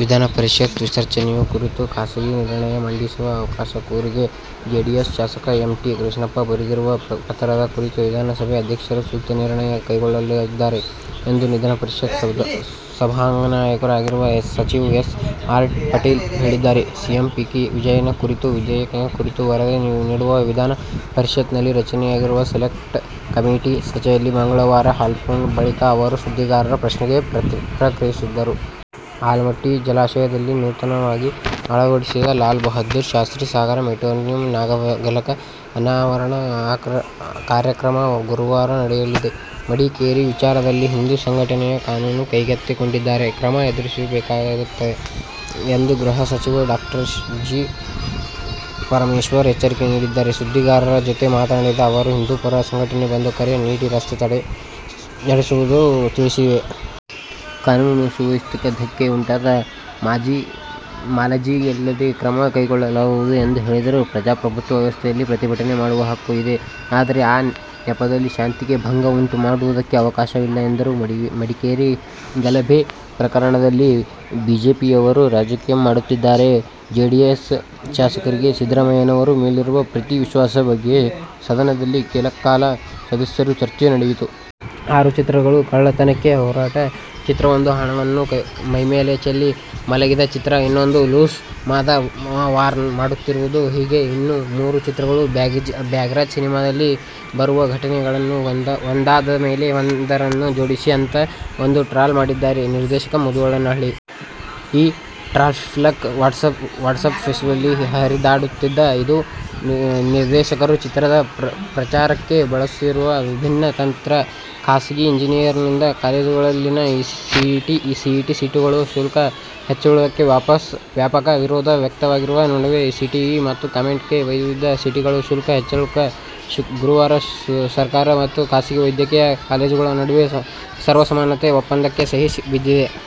ವಿಧಾನ ಪರಿಷತ್ ವಿಸರ್ಜಿಸುವ ಕುರಿತು ಖಾಸಗಿ ನಿರ್ಣಯ ಮಂಡಿಸಲು ಅವಕಾಶ ಕೋರಿ ಜೆಡಿಎಸ್ ಶಾಸಕ ಎಂ. ಟಿ. ಕೃಷ್ಣಪ್ಪ ಬರೆದಿರುವ ಪತ್ರದ ಕುರಿತು ವಿಧಾನಸಭೆ ಅಧ್ಯಕ್ಷರು ಸೂಕ್ತ ನಿರ್ಣಯ ಕೈಗೊಳ್ಳಲಿದ್ದಾರೆ ಎಂದು ವಿಧಾನ ಪರಿಷತ್ ಸಭಾನಾಯಕರೂ ಆಗಿರುವ ಸಚಿವ ಎಸ್. ಆರ್. ಪಾಟೀಲ್ ಹೇಳಿದ್ದಾರೆ. ಬಿಬಿಎಂಪಿ ವಿಭಜನೆ ಕುರಿತ ವಿಧೇಯಕದ ಕುರಿತು ವರದಿ ನೀಡಲು ವಿಧಾನ ಪರಿಷತ್ತಿನಲ್ಲಿ ರಚಿಸಲಾಗಿರುವ ಸೆಲೆಕ್ಟ್ ಕಮಿಟಿ ಸಭೆಯಲ್ಲಿ ಮಂಗಳವಾರ ಪಾಲ್ಗೊಂಡ ಬಳಿಕ ಅವರು ಸುದ್ದಿಗಾರರ ಪ್ರಶ್ನೆಗೆ ಪ್ರತಿಕ್ರಿಯಿಸಿದರು. ಆಲಮಟ್ಟಿ ಜಲಾಶಯದಲ್ಲಿ ನೂತನವಾಗಿ ಅಳವಡಿಸಿದ "ಲಾಲ್ ಬಹದ್ದೂರ್ ಶಾಸ್ತ್ರೀ ಸಾಗರ' ಮೆಟ್ಯಾಲಿಕ್ ನಾಮಫಲಕ ಅನಾವರಣ ಕಾರ್ಯಕ್ರಮ ಗುರುವಾರ ನಡೆಯಲಿದೆ. ಮಡಿಕೇರಿ ವಿಚಾರದಲ್ಲಿ ಹಿಂದೂ ಸಂಘಟನೆಗಳು ಕಾನೂನು ಕೈಗೆತ್ತಿಕೊಂಡರೆ ಕ್ರಮ ಎದುರಿಸಬೇಕಾಗುತ್ತದೆ ಎಂದು ಗೃಹ ಸಚಿವ ಡಾ ಜಿ. ಪರಮೇಶ್ವರ್ ಎಚ್ಚರಿಕೆ ನೀಡಿದ್ದಾರೆ. ಸುದ್ದಿಗಾರರ ಜತೆ ಮಾತನಾಡಿದ ಅವರು, ಹಿಂದೂ ಪರ ಸಂಘಟನೆಗಳು ಬಂದ್ ಕರೆ ನೀಡಿ, ರಸ್ತೆ ತಡೆ ನಡೆಸುವುದಾಗಿ ತಿಳಿಸಿವೆ. ಕಾನೂನುಸುವ್ಯವಸ್ಥೆಗೆ ಧಕ್ಕೆ ಉಂಟಾದರೆ ಮುಲಾಜಿಲ್ಲದೆ ಕ್ರಮ ಕೈಗೊಳ್ಳಲಾಗುವುದು ಎಂದು ಹೇಳಿದರು. ಪ್ರಜಾಪ್ರಭುತ್ವ ವ್ಯವಸ್ಥೆಯಲ್ಲಿ ಪ್ರತಿಭಟನೆ ಮಾಡುವ ಹಕ್ಕು ಇದೆ. ಆದರೆ, ಆ ನೆಪದಲ್ಲಿ ಶಾಂತಿಗೆ ಭಂಗ ಉಂಟು ಮಾಡುವುದಕ್ಕೆ ಅವಕಾಶವಿಲ್ಲ ಎಂದರು. ಮಡಿಕೇರಿ ಗಲಭೆ ಪ್ರಕರಣದಲ್ಲಿ ಬಿಜೆಪಿಯವರು ರಾಜಕೀಯ ಮಾಡುತ್ತಿದ್ದಾರೆ. ಜೆಡಿಎಸ್ ಶಾಸಕರಿಗೆ ಸಿದ್ದರಾಮಯ್ಯನವರ ಮೇಲಿರುವ ಪ್ರೀತಿ-ವಿಶ್ವಾಸದ ಬಗ್ಗೆ ಸದನದಲ್ಲಿ ಕೆಲಕಾಲ ಸ್ವಾರಸ್ಯಕರ ಚರ್ಚೆ ನಡೆಯಿತು. ಆರು ಚಿತ್ರಗಳು. ಕಳ್ಳತನಕ್ಕೆ ಹೊರಟ ಚಿತ್ರವೊಂದು. ಹಣವನ್ನು ಮೈಮೇಲೆ ಚೆಲ್ಲಿ ಮಲಗಿದ ಚಿತ್ರ ಇನ್ನೊಂದು. ಲೂಸ್ ಮಾದ ವಾರ್ನ್ ಮಾಡುತ್ತಿರುವುದೊಂದು. ಹೀಗೇ ಇನ್ನೂ ಮೂರು ಚಿತ್ರಗಳು. "ಭಾಗ್ಯರಾಜ್' ಸಿನಿಮಾದಲ್ಲಿ ಬರುವ ಈ ಘಟನೆಗಳನ್ನು ಒಂದಾದಮೇಲೆ ಒಂದರಂತೆ ಜೋಡಿಸಿ ಅಂತ ಒಂದು ಟ್ರಾಲ್ ಮಾಡಿದ್ದಾರೆ ನಿರ್ದೇಶಕ ಮಧುವನಹಳ್ಳಿ. ಈ ಟ್ರಾಲ್ಫಲಕ ವಾಟ್ಸಪ್, ಫೇಸ್ಬುಕ್ಗಳಲ್ಲಿ ಹರಿದಾಡುತ್ತಿದೆ. ಇದು ನಿರ್ದೇಶಕರು ಚಿತ್ರದ ಪ್ರಚಾರಕ್ಕೆ ಬಳಸಿರುವ ವಿಭಿನ್ನ ತಂತ್ರ. ಖಾಸಗಿ ಇಂಜಿನಿಯರಿಂಗ್ ಕಾಲೇಜುಗಳಲ್ಲಿನ ಸಿಇಟಿ ಸೀಟುಗಳ ಶುಲ್ಕ ಹೆಚ್ಚಳಕ್ಕೆ ವ್ಯಾಪಕ ವಿರೋಧ ವ್ಯಕ್ತವಾಗಿರುವ ನಡುವೆಯೇ ಸಿಇಟಿ ಮತ್ತು ಕಾಮೆಡ್-ಕೆ ವೈದ್ಯಕೀಯ ಸೀಟುಗಳ ಶುಲ್ಕ ಹೆಚ್ಚಳಕ್ಕೂ ಗುರುವಾರ ಸರ್ಕಾರ ಮತ್ತು ಖಾಸಗಿ ವೈದ್ಯಕೀಯ ಕಾಲೇಜುಗಳ ನಡುವೆ ಸರ್ವಸಮ್ಮತ ಒಪ್ಪಂದಕ್ಕೆ ಸಹಿ ಬಿದ್ದಿದೆ.